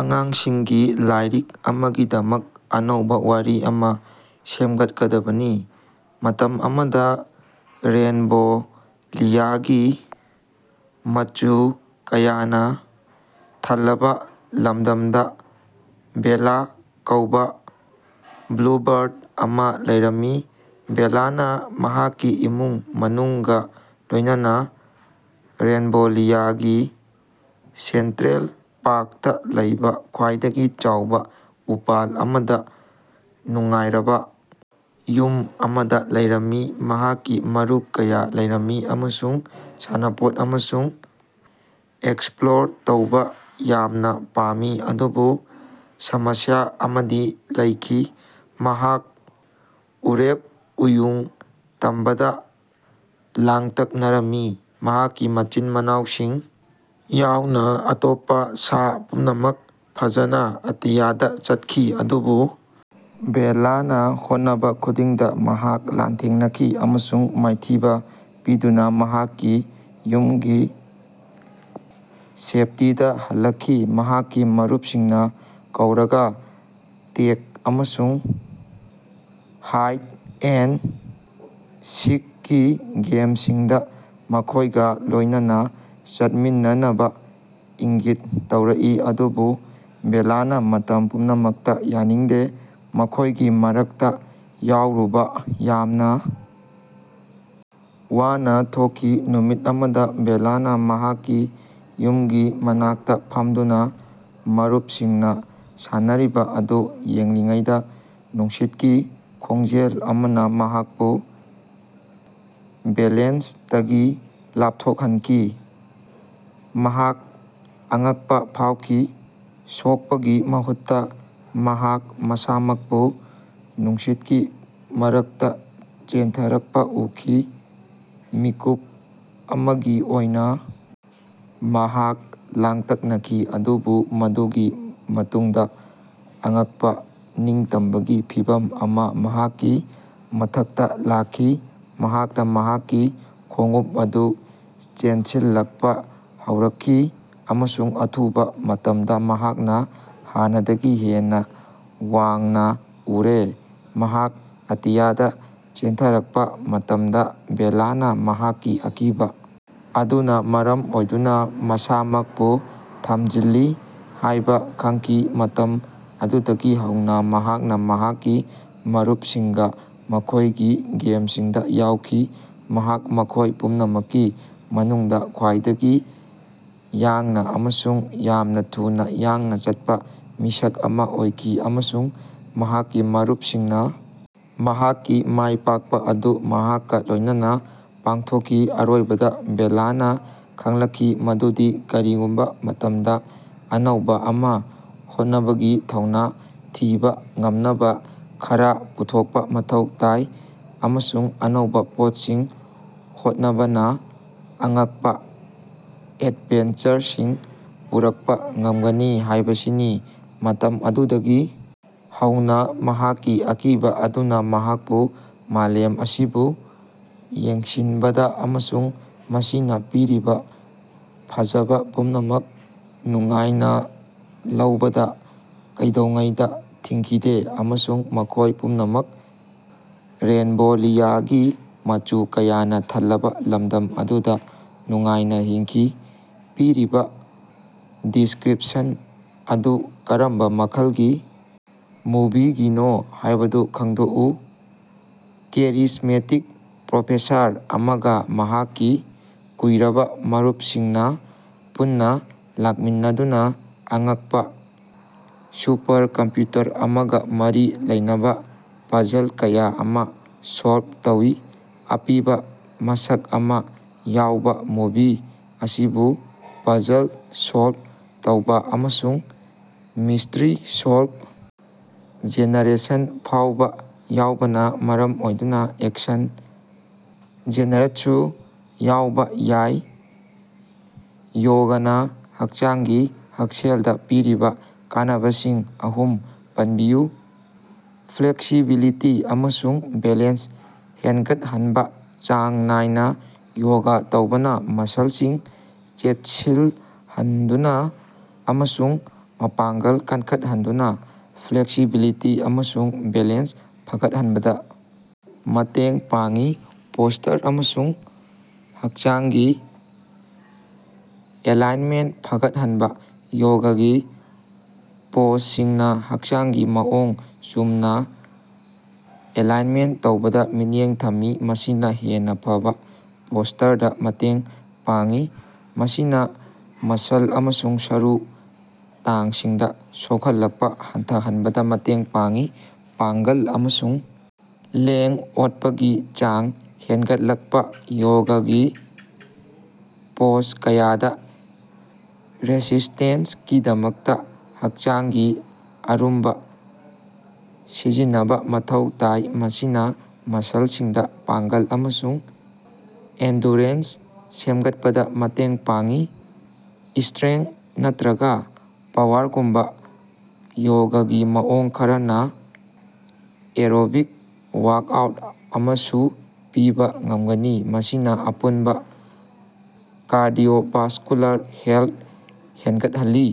ꯑꯉꯥꯡꯁꯤꯡꯒꯤ ꯂꯥꯏꯔꯤꯛ ꯑꯃꯒꯤꯗꯃꯛ ꯑꯅꯧꯕꯥ ꯋꯥꯔꯤ ꯑꯃꯥ ꯁꯦꯝꯒꯠꯀꯗꯕꯅꯤ꯫ ꯃꯇꯝ ꯑꯃꯗꯥ ꯔꯦꯟꯕꯣꯂꯤꯌꯥꯒꯤ ꯃꯆꯨ ꯀꯌꯥꯅꯥ ꯊꯜꯂꯕꯥ ꯂꯝꯗꯝꯗꯥ ꯕꯦꯜꯂꯥ ꯀꯧꯕꯥ ꯕ꯭ꯂꯨꯕꯔꯗ ꯑꯃꯥ ꯂꯩꯔꯝꯃꯤ꯫ ꯕꯦꯜꯂꯥꯅꯥ ꯃꯍꯥꯛꯀꯤ ꯏꯃꯨꯡ ꯃꯅꯨꯡꯒꯥ ꯂꯣꯏꯅꯅꯥ ꯔꯦꯟꯕꯣꯂꯤꯌꯥꯒꯤ ꯁꯦꯟꯇ꯭ꯔꯦꯜ ꯄꯥꯛꯇꯥ ꯂꯩꯕꯥ ꯈ꯭ꯋꯥꯏꯗꯒꯤ ꯆꯥꯎꯕꯥ ꯎꯄꯥꯜ ꯑꯃꯗꯥ ꯅꯨꯡꯉꯥꯏꯔꯕꯥ ꯌꯨꯝ ꯑꯃꯗꯥ ꯂꯩꯔꯝꯃꯤ꯫ ꯃꯍꯥꯛꯀꯤ ꯃꯔꯨꯞ ꯀꯌꯥ ꯂꯩꯔꯝꯃꯤ ꯑꯃꯁꯨꯡ ꯁꯥꯟꯅꯄꯣꯠ ꯑꯃꯁꯨꯡ ꯑꯦꯛꯁꯄ꯭ꯂꯣꯔ ꯇꯧꯕꯥ ꯌꯥꯝꯅꯥ ꯄꯥꯝꯃꯤ ꯑꯗꯨꯕꯨ ꯁꯃꯁ꯭ꯌꯥ ꯑꯃꯗꯤ ꯂꯩꯈꯤ꯫ ꯃꯍꯥꯛ ꯎꯔꯦꯞ ꯎꯌꯨꯡ ꯇꯝꯕꯗꯥ ꯂꯥꯡꯇꯛꯅꯔꯝꯃꯤ꯫ ꯃꯍꯥꯛꯀꯤ ꯃꯆꯤꯟ-ꯃꯅꯥꯎꯁꯤꯡ ꯌꯥꯎꯅꯥ ꯑꯇꯣꯞꯄꯥ ꯁꯥ ꯄꯨꯝꯅꯃꯛ ꯐꯖꯅꯥ ꯑꯇꯤꯌꯥꯗꯥ ꯆꯠꯈꯤ ꯑꯗꯨꯕꯨ ꯕꯦꯜꯂꯥꯅꯥ ꯍꯣꯠꯅꯕꯥ ꯈꯨꯗꯤꯡꯗꯥ ꯃꯍꯥꯛ ꯂꯥꯟꯊꯦꯡꯅꯈꯤ ꯑꯃꯁꯨꯡ ꯃꯥꯏꯊꯤꯕꯥ ꯄꯤꯗꯨꯅꯥ ꯃꯍꯥꯛꯀꯤ ꯌꯨꯝꯒꯤ ꯁꯦꯞꯇꯤꯗꯥ ꯍꯜꯂꯛꯈꯤ꯫ ꯃꯍꯥꯛꯀꯤ ꯃꯔꯨꯞꯁꯤꯡꯅꯥ ꯀꯧꯔꯒꯥ ꯇꯦꯛ ꯑꯃꯁꯨꯡ ꯍꯥꯏꯠ-ꯑꯦꯟ-ꯁꯤꯛꯀꯤ ꯒꯦꯝꯁꯤꯡꯗꯥ ꯃꯈꯣꯏꯒꯥ ꯂꯣꯏꯅꯅꯥ ꯆꯠꯃꯤꯟꯅꯅꯕꯥ ꯏꯪꯒꯤꯠ ꯇꯧꯔꯛꯏ ꯑꯗꯨꯕꯨ ꯕꯦꯜꯂꯥꯅꯥ ꯃꯇꯝ ꯄꯨꯝꯅꯃꯛꯇꯥ ꯌꯥꯅꯤꯡꯗꯦ, ꯃꯈꯣꯏꯒꯤ ꯃꯔꯛꯇꯥ ꯌꯥꯎꯔꯨꯕꯥ ꯌꯥꯝꯅꯥ ꯋꯥꯅꯥ ꯊꯣꯛꯈꯤ꯫ ꯅꯨꯃꯤꯠ ꯑꯃꯗꯥ ꯕꯦꯜꯂꯥꯅꯥ ꯃꯍꯥꯛꯀꯤ ꯌꯨꯝꯒꯤ ꯃꯅꯥꯛꯇꯥ ꯐꯝꯗꯨꯅꯥ ꯃꯔꯨꯞꯁꯤꯡꯅꯥ ꯁꯥꯟꯅꯔꯤꯕꯥ ꯑꯗꯨ ꯌꯦꯡꯂꯤꯉꯩꯗꯥ ꯅꯨꯡꯁꯤꯠꯀꯤ ꯈꯣꯡꯖꯦꯜ ꯑꯃꯅꯥ ꯃꯍꯥꯛꯄꯨ ꯕꯦꯂꯦꯟꯁꯇꯒꯤ ꯂꯥꯞꯊꯣꯛꯍꯟꯈꯤ꯫ ꯃꯍꯥꯛ ꯑꯉꯛꯄꯥ ꯐꯥꯎꯈꯤ, ꯁꯣꯛꯄꯒꯤ ꯃꯍꯨꯠꯇꯥ ꯃꯍꯥꯛ ꯃꯁꯥꯃꯛꯄꯨ ꯅꯨꯡꯁꯤꯠꯀꯤ ꯃꯔꯛꯇꯥ ꯆꯦꯟꯊꯔꯛꯄꯥ ꯎꯈꯤ꯫ ꯃꯤꯀꯨꯞ ꯑꯃꯒꯤ ꯑꯣꯏꯅꯥ ꯃꯍꯥꯛ ꯂꯥꯡꯇꯛꯅꯈꯤ, ꯑꯗꯨꯕꯨ ꯃꯗꯨꯒꯤ ꯃꯇꯨꯡꯗꯥ ꯑꯉꯛꯄꯥ ꯅꯤꯡꯇꯝꯕꯒꯤ ꯐꯤꯚꯝ ꯑꯃꯥ ꯃꯍꯥꯛꯀꯤ ꯃꯊꯛꯇꯥ ꯂꯥꯛꯈꯤ꯫ ꯃꯍꯥꯛꯅꯥ ꯃꯍꯥꯛꯀꯤ ꯈꯣꯡꯎꯞ ꯑꯗꯨ ꯆꯦꯟꯁꯤꯜꯂꯛꯄꯥ ꯍꯧꯔꯛꯈꯤ ꯑꯃꯁꯨꯡ ꯑꯊꯨꯕꯥ ꯃꯇꯝꯗꯥ ꯃꯍꯥꯛꯅꯥ ꯍꯥꯟꯅꯗꯒꯤ ꯍꯦꯟꯅꯥ ꯋꯥꯡꯅꯥ ꯎꯔꯦ꯫ ꯃꯍꯥꯛ ꯑꯇꯤꯌꯥꯗꯥ ꯆꯦꯟꯊꯔꯛꯄꯥ ꯃꯇꯝꯗꯥ ꯕꯦꯜꯂꯥꯅꯥ ꯃꯍꯥꯛꯀꯤ ꯑꯀꯤꯕꯥ ꯑꯗꯨꯅꯥ ꯃꯔꯝ ꯑꯣꯏꯗꯨꯅꯥ ꯃꯁꯥꯃꯛꯄꯨ ꯊꯝꯖꯤꯜꯂꯤ ꯍꯥꯏꯕꯥ ꯈꯪꯈꯤ꯫ ꯃꯇꯝ ꯑꯗꯨꯗꯒꯤ ꯍꯧꯅꯥ ꯃꯍꯥꯛꯅꯥ ꯃꯍꯥꯛꯀꯤ ꯃꯔꯨꯞꯁꯤꯡꯒꯥ ꯃꯈꯣꯏꯒꯤ ꯒꯦꯝꯁꯤꯡꯗꯥ ꯌꯥꯎꯈꯤ꯫ ꯃꯍꯥꯛ ꯃꯈꯣꯏ ꯄꯨꯝꯅꯃꯛꯀꯤ ꯃꯅꯨꯡꯗꯥ ꯈ꯭ꯋꯥꯏꯗꯒꯤ ꯌꯥꯡꯅꯥ ꯑꯃꯁꯨꯡ ꯌꯥꯝꯅꯥ ꯊꯨꯅꯥ ꯌꯥꯡꯅꯥ ꯆꯠꯄꯥ ꯃꯤꯁꯛ ꯑꯃꯥ ꯑꯣꯏꯈꯤ ꯑꯃꯁꯨꯡ ꯃꯍꯥꯛꯀꯤ ꯃꯔꯨꯞꯁꯤꯡꯅꯥ ꯃꯍꯥꯛꯀꯤ ꯃꯥꯏꯄꯥꯛꯄꯥ ꯑꯗꯨ ꯃꯍꯥꯛꯀꯥ ꯂꯣꯏꯅꯅꯥ ꯄꯥꯡꯊꯣꯛꯈꯤ꯫ ꯑꯔꯣꯏꯕꯗꯥ ꯕꯦꯜꯂꯥꯅꯥ ꯈꯪꯂꯛꯈꯤ ꯃꯗꯨꯗꯤ ꯀꯔꯤꯒꯨꯝꯕꯥ ꯃꯇꯝꯗꯥ ꯑꯅꯧꯕꯥ ꯑꯃꯥ ꯍꯣꯠꯅꯕꯒꯤ ꯊꯧꯅꯥ ꯊꯤꯕꯥ ꯉꯝꯅꯕꯥ ꯈꯔꯥ ꯄꯨꯊꯣꯛꯄꯥ ꯃꯊꯧ ꯇꯥꯏ꯫ ꯑꯃꯁꯨꯡ ꯑꯅꯧꯕꯥ ꯄꯣꯠꯁꯤꯡ ꯍꯣꯠꯅꯕꯅꯥ ꯑꯉꯛꯄꯥ ꯑꯦꯗꯚꯦꯟꯆꯔꯁꯤꯡ ꯄꯨꯔꯛꯄꯥ ꯉꯝꯒꯅꯤ ꯍꯥꯏꯕꯁꯤꯅꯤ꯫ ꯃꯇꯝ ꯑꯗꯨꯗꯒꯤ ꯍꯧꯅꯥ ꯃꯍꯥꯛꯀꯤ ꯑꯀꯤꯕꯥ ꯑꯗꯨꯅꯥ ꯃꯍꯥꯛꯄꯨ ꯃꯥꯂꯦꯝ ꯑꯁꯤꯕꯨ ꯌꯦꯡꯁꯤꯟꯕꯗꯥ ꯑꯃꯁꯨꯡ ꯃꯁꯤꯅꯥ ꯄꯤꯔꯤꯕꯥ ꯐꯖꯕꯥ ꯄꯨꯝꯅꯃꯛ ꯅꯨꯡꯉꯥꯏꯅꯥ ꯂꯧꯕꯗꯥ ꯀꯩꯗꯧꯉꯩꯗꯥ ꯊꯤꯡꯈꯤꯗꯦ꯫ ꯑꯃꯁꯨꯡ ꯃꯈꯣꯏ ꯄꯨꯝꯅꯃꯛ ꯔꯦꯟꯕꯣꯂꯤꯌꯥꯒꯤ ꯃꯆꯨ ꯀꯌꯥꯅꯥ ꯊꯜꯂꯕꯥ ꯂꯝꯗꯝ ꯑꯗꯨꯗꯥ ꯅꯨꯡꯉꯥꯏꯅꯥ ꯍꯤꯡꯈꯤ꯫ ꯄꯤꯔꯤꯕꯥ ꯗꯤꯁꯀ꯭ꯔꯤꯄꯁꯟ ꯑꯗꯨ ꯀꯔꯝꯕꯥ ꯃꯈꯜꯒꯤ ꯃꯨꯚꯤꯒꯤꯅꯣ ꯍꯥꯏꯕꯗꯨ ꯈꯪꯗꯣꯛꯎ꯫ ꯀꯦꯔꯤꯖꯃꯦꯇꯤꯛ ꯄ꯭ꯔꯣꯐꯦꯁꯔ ꯑꯃꯒꯥ ꯃꯍꯥꯛꯀꯤ ꯀꯨꯏꯔꯕꯥ ꯃꯔꯨꯞꯁꯤꯡꯅꯥ ꯄꯨꯟꯅꯥ ꯂꯥꯛꯃꯤꯟꯅꯗꯨꯅꯥ ꯑꯉꯛꯄꯥ ꯁꯨꯄꯔꯀꯝꯄ꯭ꯌꯨꯇꯔ ꯑꯃꯒꯥ ꯃꯔꯤ ꯂꯩꯅꯕꯥ ꯄꯥꯖꯜ ꯀꯌꯥ ꯑꯃꯥ ꯁꯣꯜꯕ ꯇꯧꯏ꯫ ꯑꯄꯤꯕꯥ ꯃꯁꯛ ꯑꯃꯥ ꯌꯥꯎꯕꯥ ꯃꯨꯚꯤ ꯑꯁꯤꯕꯨ ꯄꯥꯖꯜ ꯁꯣꯜꯕ ꯇꯧꯕꯥ ꯑꯃꯁꯨꯡ ꯃꯤꯁꯇ꯭ꯔꯤ ꯁꯣꯜꯕ ꯖꯦꯅꯔꯦꯁꯟ ꯐꯥꯎꯕꯥ ꯌꯥꯎꯕꯅꯥ ꯃꯔꯝ ꯑꯣꯏꯗꯨꯅꯥ ꯑꯦꯛꯁꯟ ꯖꯦꯅꯔꯗꯁꯨ ꯌꯥꯎꯕꯥ ꯌꯥꯏ꯫ ꯌꯣꯒꯅꯥ ꯍꯛꯆꯥꯡꯒꯤ ꯍꯛꯁꯦꯜꯗꯥ ꯄꯤꯔꯤꯕꯥ ꯀꯥꯟꯅꯕꯁꯤꯡ ꯑꯍꯨꯝ ꯄꯟꯕꯤꯌꯨ꯫ ꯐ꯭ꯂꯦꯛꯁꯤꯕꯤꯂꯤꯇꯤ ꯑꯃꯁꯨꯡ ꯕꯦꯂꯦꯟꯁ ꯍꯦꯟꯒꯠꯍꯟꯕꯥ ꯆꯥꯡ ꯅꯥꯏꯅꯥ ꯌꯣꯒꯥ ꯇꯧꯕꯅꯥ ꯃꯁꯜꯁꯤꯡ ꯆꯦꯠꯁꯤꯂꯍꯟꯗꯨꯅꯥ ꯑꯃꯁꯨꯡ ꯃꯄꯥꯡꯒꯜ ꯀꯟꯈꯠꯍꯟꯗꯨꯅꯥ ꯐ꯭ꯂꯦꯛꯁꯤꯕꯤꯂꯤꯇꯤ ꯑꯃꯁꯨꯡ ꯕꯦꯂꯦꯟꯁ ꯐꯒꯠꯍꯟꯕꯗꯥ ꯃꯇꯦꯡ ꯄꯥꯡꯏ꯫ ꯄꯣꯁꯇꯔ ꯑꯃꯁꯨꯡ ꯍꯛꯆꯥꯡꯒꯤ ꯑꯦꯂꯥꯏꯟꯃꯦꯟ ꯐꯒꯠꯍꯟꯕꯥ ꯌꯣꯒꯥꯒꯤ ꯄꯣꯖꯁꯤꯡꯅꯥ ꯍꯛꯆꯥꯡꯒꯤ ꯃꯑꯣꯡ ꯆꯨꯝꯅꯥ ꯑꯦꯂꯥꯏꯟꯃꯦꯟ ꯇꯧꯕꯗꯥ ꯃꯤꯠꯌꯦꯡ ꯊꯝꯃꯤ, ꯃꯁꯤꯅꯥ ꯍꯦꯟꯅꯥ ꯐꯕꯥ ꯄꯣꯁꯇꯔꯗꯥ ꯃꯇꯦꯡ ꯄꯥꯡꯏ, ꯃꯁꯤꯅꯥ ꯃꯁꯜ ꯑꯃꯁꯨꯡ ꯁꯔꯨ ꯇꯥꯡꯁꯤꯡꯗꯥ ꯁꯣꯛꯍꯜꯂꯛꯄꯥ ꯍꯟꯊꯍꯟꯕꯗꯥ ꯃꯇꯦꯡ ꯄꯥꯡꯏ꯫ ꯄꯥꯡꯒꯜ ꯑꯃꯁꯨꯡ ꯂꯦꯡ-ꯑꯣꯠꯄꯒꯤ ꯆꯥꯡ ꯍꯦꯟꯒꯠꯂꯛꯄꯥ ꯌꯣꯒꯥꯒꯤ ꯄꯣꯖ ꯀꯌꯥꯗꯥ ꯔꯦꯁꯤꯁꯇꯦꯟꯁꯀꯤꯗꯃꯛꯇꯥ ꯍꯛꯆꯥꯡꯒꯤ ꯑꯔꯨꯝꯕꯥ ꯁꯤꯖꯤꯟꯅꯕꯥ ꯃꯊꯧ ꯇꯥꯏ, ꯃꯁꯤꯅꯥ ꯃꯁꯜꯁꯤꯡꯗꯥ ꯄꯥꯡꯒꯜ ꯑꯃꯁꯨꯡ ꯑꯦꯟꯗꯨꯔꯦꯟꯁ ꯁꯦꯝꯒꯠꯄꯗꯥ ꯃꯇꯦꯡ ꯄꯥꯡꯏ꯫ ꯏꯁꯇ꯭ꯔꯦꯡꯀ ꯅꯠꯇ꯭ꯔꯒꯥ ꯄꯥꯋꯔꯒꯨꯝꯕꯥ ꯌꯣꯒꯒꯤ ꯃꯑꯣꯡ ꯈꯔꯅꯥ ꯑꯦꯔꯣꯕꯤꯛ ꯋꯥꯛꯑꯥꯎꯠ ꯑꯃꯁꯨ ꯄꯤꯕꯥ ꯉꯝꯒꯅꯤ, ꯃꯁꯤꯅꯥ ꯑꯄꯨꯟꯕꯥ ꯀꯥꯔꯗꯤꯑꯣꯚꯥꯁꯀꯨꯂꯥꯔ ꯍꯦꯜꯊ ꯍꯦꯟꯒꯠꯍꯜꯂꯤ꯫